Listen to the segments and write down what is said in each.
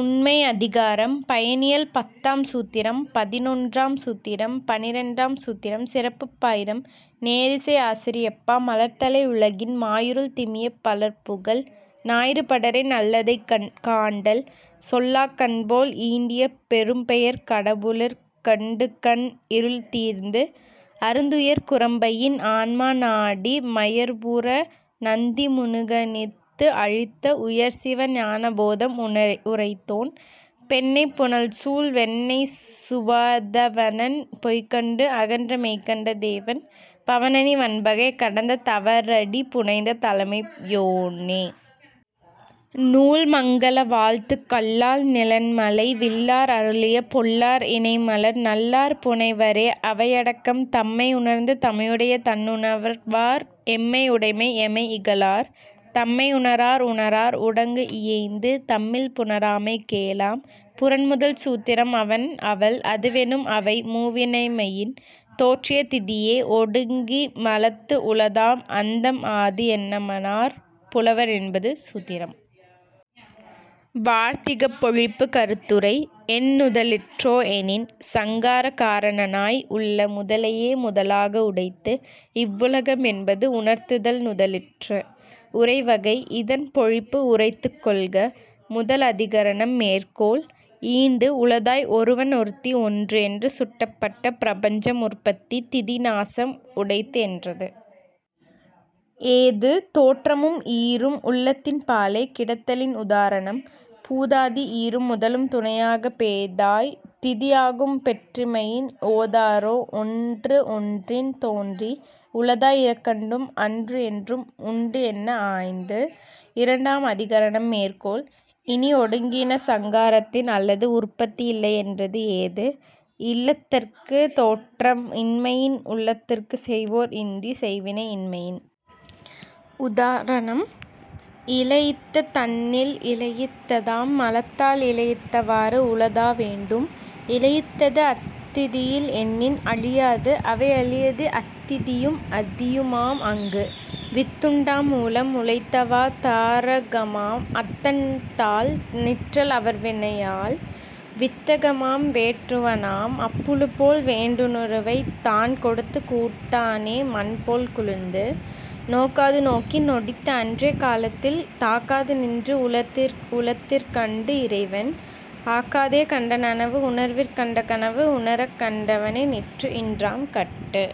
உண்மை அதிகாரம்: பயனியல் பத்தாம் சூத்திரம் பதினொறாம் சூத்திரம் பனிரண்டாம் சூத்திரம். சிறப்புப் பாயிரம் நேரிசை ஆசிரியப்பா மலர்தலை உலகின் மாயிருள் துமியப் பலர்புகழ் ஞாயிறு படரின் அல்லதைக் காண்டல் செல்லாக் கண்போல் ஈண்டிய பெரும்பெயர்க் கடவுளிற் கண்டுகண் இருள்தீர்ந்து அருந்துயர்க் குரம்பையின் ஆன்மா நாடி மயர்வுஅற நந்தி முனிகணத்து அளித்த உயர்சிவ ஞான போதம் உரைத்தோன் பெண்ணைப் புனல்சூழ் வெண்ணெய்ச் சுவேதவனன் பொய்கண்டு அகன்ற மெய்கண்ட தேவன் பவநனி வன்பகை கடந்த தவரடி புனைந்த தலைமை யோனே. நூல் மங்கல வாழ்த்து கல்லால் நிழன்மலை வில்லார் அருளிய பொல்லார் இணைமலர் நல்லார் புணைவரே அவையடக்கம் தம்மை உணர்ந்து தமையுடைய தன்னுணர்வார் எம்மை உடைமை எமை இகழார்--- தம்மை உணரார் உணரார் உடங்குஇயைந்து தம்மில் புணராமை கேளாம் புறன் முதல் சூத்திரம் அவன் அவள் அதுவெனும் அவை மூவினைமையின் தோற்றிய திதியே ஒடுங்கி மலத்து உளதாம் அந்தம் ஆதி என்மனார் புலவர் என்பது சூத்திரம். வார்த்திகப் பொழிப்பு கருத்துரை: என் நுதலிற்றோ எனின், சங்கார காரணனாய் உள்ள முதலையே முதலாக உடைத்து இவ்வுலகம்என்பது உணர்த்துதல் நுதலிற்று. உரைவகை: இதன் பொழிப்பு உரைத்துக் கொள்க.. முதல் அதிகரணம் மேற்கோள்: ஈண்டு, உளதாய் ஒருவன் ஒருத்தி ஒன்று என்று சுட்டப்பட்ட பிரபஞ்சம் உற்பத்தி திதி நாசம் உடைத்துஎன்றது. ஏது: தோற்றமும் ஈறும் உள்ளதின்பாலே கிடத்தலின் உதாரணம்: பூதாதி ஈறும் முதலும் துணையாக பேதாய்! திதி ஆகும் பெற்றிமையின்- ஓதாரோ ஒன்று ஒன்றின் தோன்றி உளதாய் இறக்கண்டும் அன்றுஎன்றும் உண்டு என்ன ஆய்ந்து.. இரண்டாம் அதிகரணம் மேற்கோள்: இனி, ஒடுங்கின சங்காரத்தின் அல்லது உற்பத்தி இல்லை என்றது ஏது: இல்லதற்குத் தோற்றம் இன்மையின், உள்ளதற்குச் செய்வோர் இன்றிச் செய்வினை இன்மையின். உதாரணம். இலயித்த தன்னில் இலயித்ததாம் மலத்தால் இலயித்தவாறு உளதா வேண்டும்_ இலயித்தது அத்திதியில் என்னின் அழியாது அவையழிவது அத்திதியும் ஆதியுமாம் அங்கு. வித்துண்டாம் மூலம் முளைத்தவா தாரகமாம் அத்தன்தாள் நிற்றல் அவர்வினையால்- வித்தகமாம் வேட்டுவனாம் அப்புழுபோல் வேண்டுருவைத் தான் கொடுத்துக் கூட்டானே மண்போல் குளிர்ந்து. நோக்காது நோக்கி நொடித்து அன்றே காலத்தில் தாக்காது நின்று உளத்திற் கண்டு இறைவன் -- ஆக்காதே கண்ட நனவு உணர்விற் கண்ட கனவு உணரக் கண்டவனின் இற்று இன்றாம் கட்டு..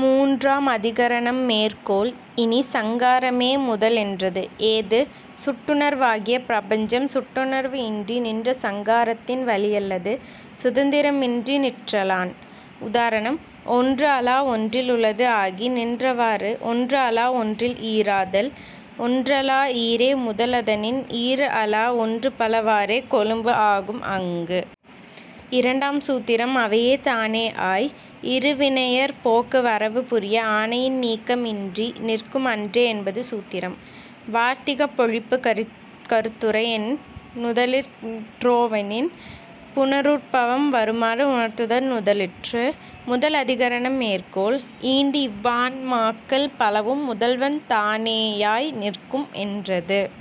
மூன்றாம் அதிகரணம் மேற்கோள்: இனி, சங்காரமே முதல் என்றது. ஏது: சுட்டுணர்வாகிய பிரபஞ்சம் சுட்டுணர்வு இன்றி நின்ற சங்காரத்தின் வழியல்லது சுதந்திரமின்றிநிற்றலான். உதாரணம்: ஒன்று அலா ஒன்றில் உளது ஆகி நின்றவாறு ஒன்று அலா ஒன்றில் ஈறாதல் _-- ஒன்றலா ஈறே முதல் அதனின் ஈறு அலா ஒன்று பல வாறே தொழும்பு ஆகும் அங்கு. இரண்டாம் சூத்திரம் அவையே தானே ஆய், இரு வினையிற் போக்கு வரவு புரிய ஆணையின் நீக்கம் இன்றி நிற்கும் அன்றே என்பது சூத்திரம். வார்த்திகப் பொழிப்பு கருத்துரை: என் நுதலிற்றோவெனின், புனருற்பவம் வருமாறு உணர்த்துதல் நுதலிற்று.. முதல் அதிகரணம் மேற்கோள்: ஈண்டு, இவ்வான்மாக்கள் பலவும் முதல்வன் தானேயாய் நிற்கும் என்றது.